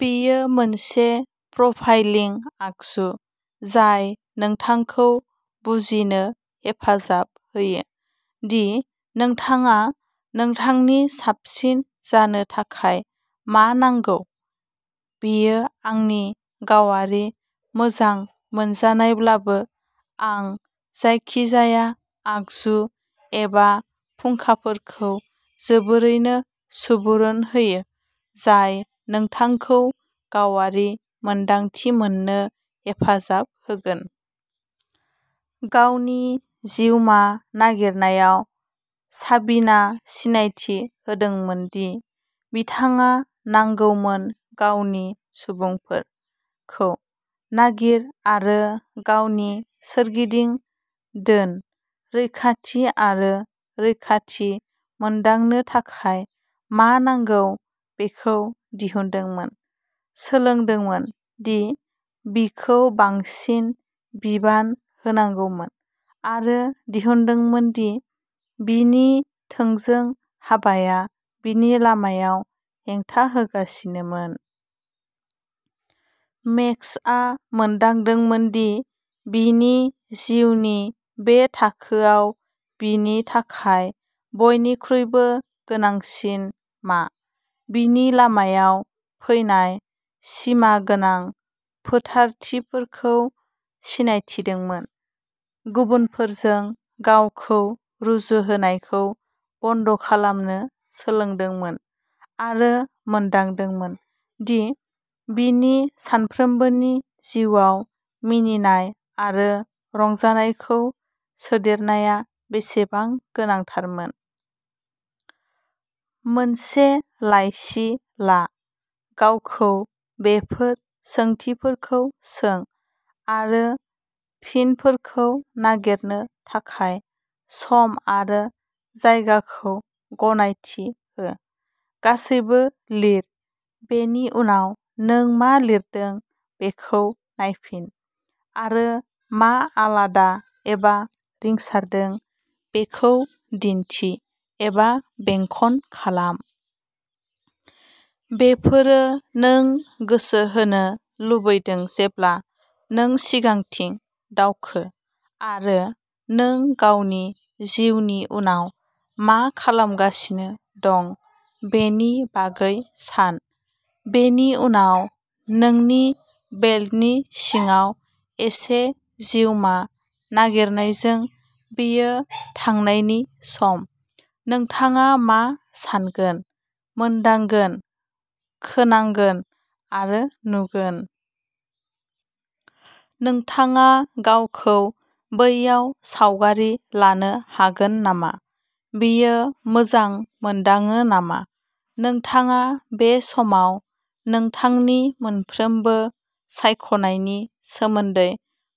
बेयो मोनसे प्रफाइलिं आगजु जाय नोंथांखौ बुजिनो हेफाजाब होयो दि नोंथाङा नोंथांनि साबसिन जानो थाखाय मा नांगौ। बेयो आंनि गावारि मोजां मोनजानायब्लाबो, आं जायखिजाया आगजु एबा फुंखाफोरखौ जोबोरैनो सुबुरुन होयो जाय नोंथांखौ गावारि मोनदांथि मोन्नो हेफाजाब होगोन। गावनि जिउमा नागिरनायाव, साबिना सिनायथि होदोंमोन दि बिथाङा नांगौमोन। गावनि "सुबुंफोर" खौ नागिर आरो गावनि सोरगिदिं दोन; रैखाथि आरो रैखाथि मोनदांनो थाखाय मा नांगौ बेखौ दिहुनदोंमोन; सोलोंदोंमोन दि बिखौ बांसिन बिबान होनांगौमोन; आरो दिहुनदोंमोन दि बिनि थोंजों हाबाया बिनि लामायाव हेंथा होगासिनोमोन। मेक्सआ मोनदांदोंमोन दि बिनि जिउनि बे थाखोआव बिनि थाखाय बयनिख्रुइबो गोनांसिन मा, बिनि लामायाव फैनाय सिमा गोनां फोथायथिफोरखौ सिनायथिदोंमोन, गुबुनफोरजों गावखौ रुजुहोनायखौ बन्द खालामनो सोलोंदोंमोन आरो मोनदांदोंमोन दि बिनि सानफ्रोमबोनि जिउआव मिनिनाय आरो रंजानायखौ सोदेरनाया बेसेबां गोनांथारमोन। मोनसे लाइसि ला। गावखौ बेफोर सोंथिफोरखौ सों आरो फिनफोरखौ नागिरनो थाखाय सम आरो जायगाखौ गनायथि हो। गासैबो लिर। बेनि उनाव, नों मा लिरदों बेखौ नायफिन आरो मा आलादा एबा रिंसारदों बेखौ दिन्थि एबा बेंखन खालाम। बेफोरो नों गोसो होनो लुबैदों जेब्ला नों सिगांथिं दावखो आरो नों गावनि जिउनि उनाव मा खालामगासिनो दं बेनि बागै सान। बेनि उनाव, नोंनि बेल्टनि सिङाव एसे जिउमा नागिरनायजों, बेयो थांनायनि सम। नोंथाङा मा सान्गोन, मोनदांगोन, खोनांगोन आरो नुगोन? नोंथाङा गावखौ बैयाव सावगारि लानो हागोन नामा? बेयो मोजां मोनदाङो नामा? नोंथाङा बे समाव नोंथांनि मोनफ्रोमबो सायख'नायनि सोमोन्दै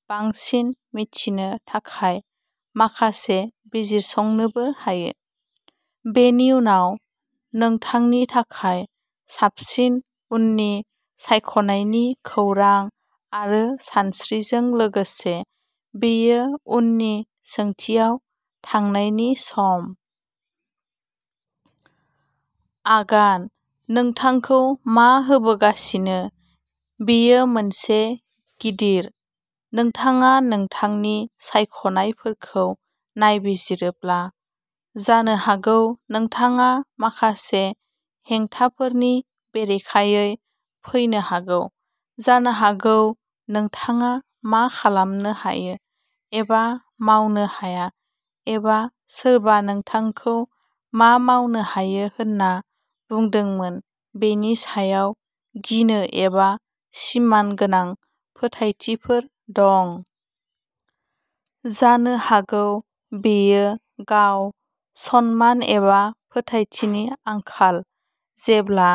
बांसिन मिथिनो थाखाय माखासे बिजिरसंनोबो हायो। बेनि उनाव, नोंथांनि थाखाय साबसिन उननि सायख'नायनि खौरां आरो सानस्रिजों लोगोसे, बेयो उननि सोंथियाव थांनायनि सम। आगान: नोंथांखौ मा होबोगासिनो? बेयो मोनसे गिदिर। नोंथाङा नोंथांनि सायख'नायफोरखौ नायबिजिरोब्ला, जानो हागौ नोंथाङा माखासे हेंथाफोरनि बेरेखायै फैनो हागौ। जानो हागौ नोंथाङा मा खालामनो हायो एबा मावनो हाया एबा सोरबा नोंथांखौ मा मावनो हायो होनना बुंदोंमोन बेनि सायाव गिनो एबा सिमा गोनां फोथायथिफोर दं। जानो हागौ बेयो गाव-सनमान एबा फोथायथिनि आंखाल। जेब्ला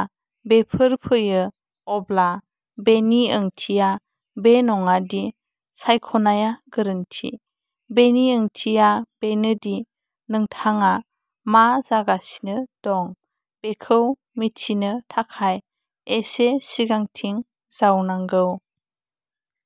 बेफोर फैयो, अब्ला बेनि ओंथिया बे नङा दि सायख'नाया गोरोन्थि, बेनि ओंथिया बेनो दि नोंथाङा मा जागासिनो दं बेखौ मिथिनो थाखाय एसे सिगांथिं जावनांगौ।